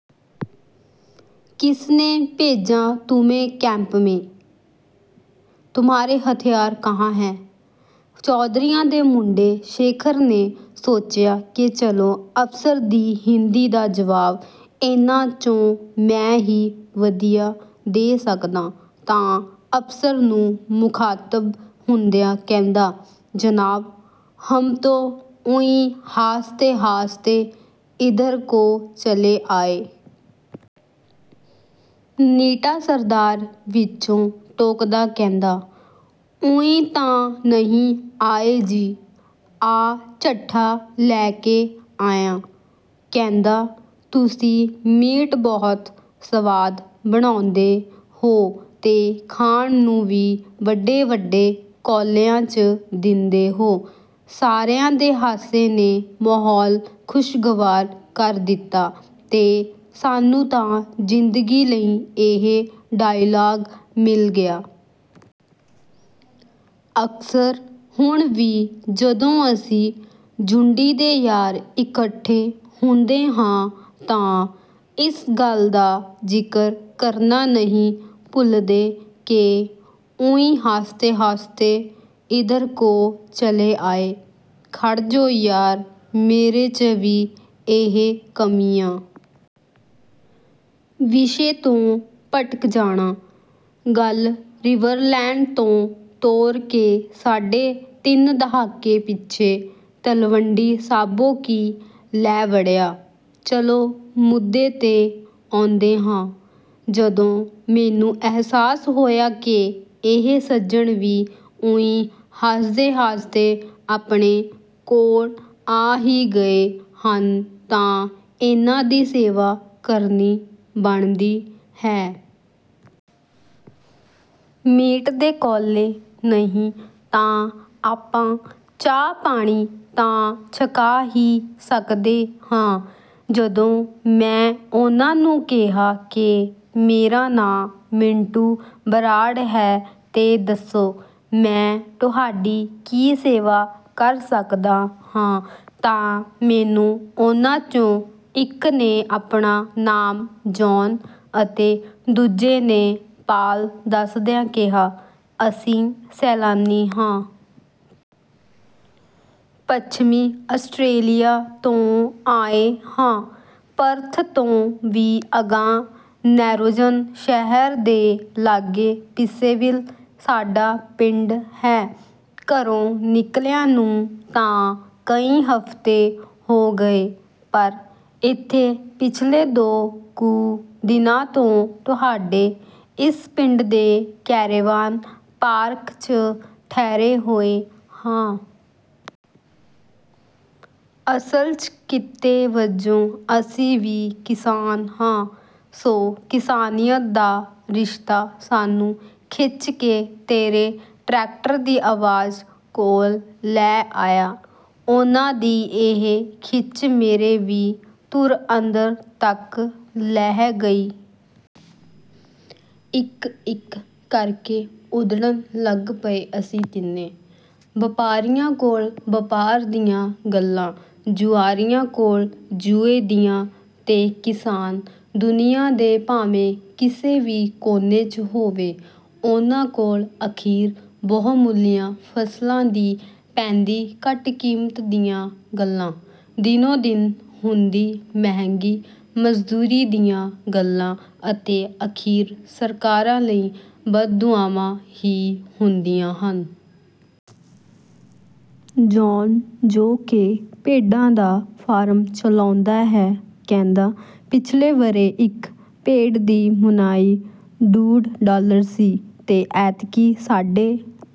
ਕਿਸ ਨੇ ਭੇਜਾ ਤੁਮੇ ਕੈਂਪ ਮੈਂ? ਤੁਮਾਰੇ ਹਥਿਆਰ ਕਹਾਂ ਹੈ? ਚੌਧਰੀਆਂ ਦੇ ਮੁੰਡੇ ਸ਼ੇਖਰ ਨੇ ਸੋਚਿਆ ਕਿ ਚਲੋ ਅਫ਼ਸਰ ਦੀ ਹਿੰਦੀ ਦਾ ਜਵਾਬ ਇਹਨਾਂ 'ਚੋਂ ਮੈਂ ਹੀ ਵਧੀਆ ਦੇ ਸਕਦਾ। ਤਾਂ ਅਫ਼ਸਰ ਨੂੰ ਮੁਖ਼ਾਤਬ ਹੁੰਦਿਆਂ ਕਹਿੰਦਾ, "ਜਨਾਬ, ਹਮ ਤੋ ਊਂਈ ਹਾਸਤੇ-ਹਾਸਤੇ ਇੱਧਰ ਕੋ ਚਲੇ ਆਏ।" ਨੀਟਾ ਸਰਦਾਰ ਵਿਚੋਂ ਟੋਕਦਾ ਕਹਿੰਦਾ, "ਊਈ ਤਾਂ ਨਹੀਂ ਆਏ ਜੀ, ਆਹ ਚੱਠਾ ਲੈ ਕੇ ਆਇਆ। ਕਹਿੰਦਾ, ਤੁਸੀਂ ਮੀਟ ਬਹੁਤ ਸਵਾਦ ਬਣਾਉਂਦੇ ਹੋ ਤੇ ਖਾਣ ਨੂੰ ਵੀ ਵੱਡੇ-ਵੱਡੇ ਕੌਲਿਆਂ 'ਚ ਦਿੰਦੇ ਹੋ।" ਸਾਰਿਆਂ ਦੇ ਹਾਸੇ ਨੇ ਮਾਹੌਲ ਖ਼ੁਸ਼ਗਵਾਰ ਕਰ ਦਿੱਤਾ ਤੇ ਸਾਨੂੰ ਤਾਂ ਜ਼ਿੰਦਗੀ ਲਈ ਇਹ ਡਾਇਲਾਗ ਮਿਲ ਗਿਆ। ਅਕਸਰ ਹੁਣ ਵੀ, ਜਦੋਂ ਅਸੀਂ ਜੁੰਡੀ ਦੇ ਯਾਰ ਇਕੱਠੇ ਹੁੰਦੇ ਹਾਂ, ਤਾਂ ਇਸ ਗੱਲ ਦਾ ਜ਼ਿਕਰ ਕਰਨਾ ਨਹੀਂ ਭੁੱਲਦੇ ਕਿ, "ਊਂਈ ਹਾਸਤੇ-ਹਾਸਤੇ ਇੱਧਰ ਕੋ ਚਲੇ ਆਏ।" ਖੜ੍ਹ ਜੋ ਯਾਰ! ਮੇਰੇ 'ਚ ਵੀ ਇਹ ਕਮੀ ਆ। ਵਿਸ਼ੇ ਤੋਂ ਭਟਕ ਜਾਣਾ। ਗੱਲ ਰਿਵਰਲੈਂਡ ਤੋਂ ਤੋਰ ਕੇ ਸਾਢੇ ਤਿੰਨ ਦਹਾਕੇ ਪਿੱਛੇ 'ਤਲਵੰਡੀ ਸਾਬੋ ਕੀ' ਲੈ ਵੜਿਆ। ਚਲੋ, ਮੁੱਦੇ 'ਤੇ ਆਉਂਦੇ ਹਾਂ। ਜਦੋਂ ਮੈਨੂੰ ਅਹਿਸਾਸ ਹੋਇਆ ਕਿ ਇਹ ਸੱਜਣ ਵੀ ਊਈ ਹਾਸਤੇ-ਹਾਸਤੇ ਆਪਣੇ ਕੋਲ ਆ ਹੀ ਗਏ ਹਨ, ਤਾਂ ਇਹਨਾਂ ਦੀ ਸੇਵਾ ਕਰਨੀ ਬਣਦੀ ਹੈ। ਮੀਟ ਦੇ ਕੌਲੇ ਨਹੀਂ ਤਾਂ ਆਪਾਂ ਚਾਹ-ਪਾਣੀ ਤਾਂ ਛਕਾ ਹੀ ਸਕਦੇ ਹਾਂ। ਜਦੋਂ ਮੈਂ ਉਹਨਾਂ ਨੂੰ ਕਿਹਾ ਕਿ, "ਮੇਰਾ ਨਾਂ ਮਿੰਟੂ ਬਰਾੜ ਹੈ ਤੇ ਦੱਸੋ, ਮੈਂ ਤੁਹਾਡੀ ਕੀ ਸੇਵਾ ਕਰ ਸਕਦਾ ਹਾਂ।" ਤਾਂ ਮੈਨੂੰ ਉਹਨਾਂ 'ਚੋਂ ਇਕ ਨੇ ਆਪਣਾ ਨਾਮ ਜੌਨ ਅਤੇ ਦੂਜੇ ਨੇ ਪਾਲ ਦੱਸਦਿਆਂ ਕਿਹਾ, "ਅਸੀਂ ਸੈਲਾਨੀ ਹਾਂ। ਪੱਛਮੀ ਆਸਟ੍ਰੇਲੀਆ ਤੋਂ ਆਏ ਹਾਂ। ਪਰਥ ਤੋਂ ਵੀ ਅਗਾਂਹ ਨੈਰੋਜਨ ਸ਼ਹਿਰ ਦੇ ਲਾਗੇ ਪਿਸੇਵਿਲ ਸਾਡਾ ਪਿੰਡ ਹੈ। ਘਰੋਂ ਨਿਕਲਿਆਂ ਨੂੰ ਤਾਂ ਕਈ ਹਫ਼ਤੇ ਹੋ ਗਏ, ਪਰ ਇੱਥੇ ਪਿਛਲੇ ਦੋ ਕੁ ਦਿਨਾਂ ਤੋਂ ਤੁਹਾਡੇ ਇਸ ਪਿੰਡ ਦੇ ਕੈਰੇਵਾਨ ਪਾਰਕ 'ਚ ਠਹਿਰੇ ਹੋਏ ਹਾਂ। ਅਸਲ 'ਚ ਕਿੱਤੇ ਵਜੋਂ ਅਸੀਂ ਵੀ ਕਿਸਾਨ ਹਾਂ। ਸੋ ਕਿਸਾਨੀਅਤ ਦਾ ਰਿਸ਼ਤਾ ਸਾਨੂੰ ਖਿੱਚ ਕੇ ਤੇਰੇ ਟਰੈਕਟਰ ਦੀ ਆਵਾਜ਼ ਕੋਲ ਲੈ ਆਇਆ।" ਉਹਨਾਂ ਦੀ ਇਹ ਖਿੱਚ ਮੇਰੇ ਵੀ ਧੁਰ ਅੰਦਰ ਤੱਕ ਲਹਿ ਗਈ। ਇਕ-ਇਕ ਕਰ ਕੇ ਉੱਧੜਨ ਲੱਗ ਪਏ ਅਸੀਂ ਤਿੰਨੇ। ਵਪਾਰੀਆਂ ਕੋਲ ਵਪਾਰ ਦੀਆਂ ਗੱਲਾਂ, ਜੁਆਰੀਆਂ ਕੋਲ ਜੂਏ ਦੀਆਂ ਤੇ ਕਿਸਾਨ, ਦੁਨੀਆ ਦੇ ਭਾਵੇਂ ਕਿਸੇ ਵੀ ਕੋਨੇ 'ਚ ਹੋਵੇ, ਉਹਨਾਂ ਕੋਲ ਅਖੀਰ ਬਹੁਮੁੱਲੀਆਂ ਫ਼ਸਲਾਂ ਦੀ ਪੈਂਦੀ ਘਟ ਕੀਮਤ ਦੀਆਂ ਗੱਲਾਂ, ਦਿਨੋਂ-ਦਿਨ ਹੁੰਦੀ ਮਹਿੰਗੀ ਮਜ਼ਦੂਰੀ ਦੀਆਂ ਗੱਲਾਂ ਅਤੇ ਅਖੀਰ ਸਰਕਾਰਾਂ ਲਈ ਬਦਦੁਆਵਾਂ ਹੀ ਹੁੰਦੀਆਂ ਹਨ। ਜੌਨ, ਜੋ ਕਿ ਭੇਡਾਂ ਦਾ ਫਾਰਮ ਚਲਾਉਂਦਾ ਹੈ, ਕਹਿੰਦਾ, "ਪਿਛਲੇ ਵਰ੍ਹੇ ਇਕ ਭੇਡ ਦੀ ਮੁਨਾਈ ਡੂਢ ਡਾਲਰ ਸੀ ਤੇ ਐਤਕੀਂ ਸਾਢੇ..."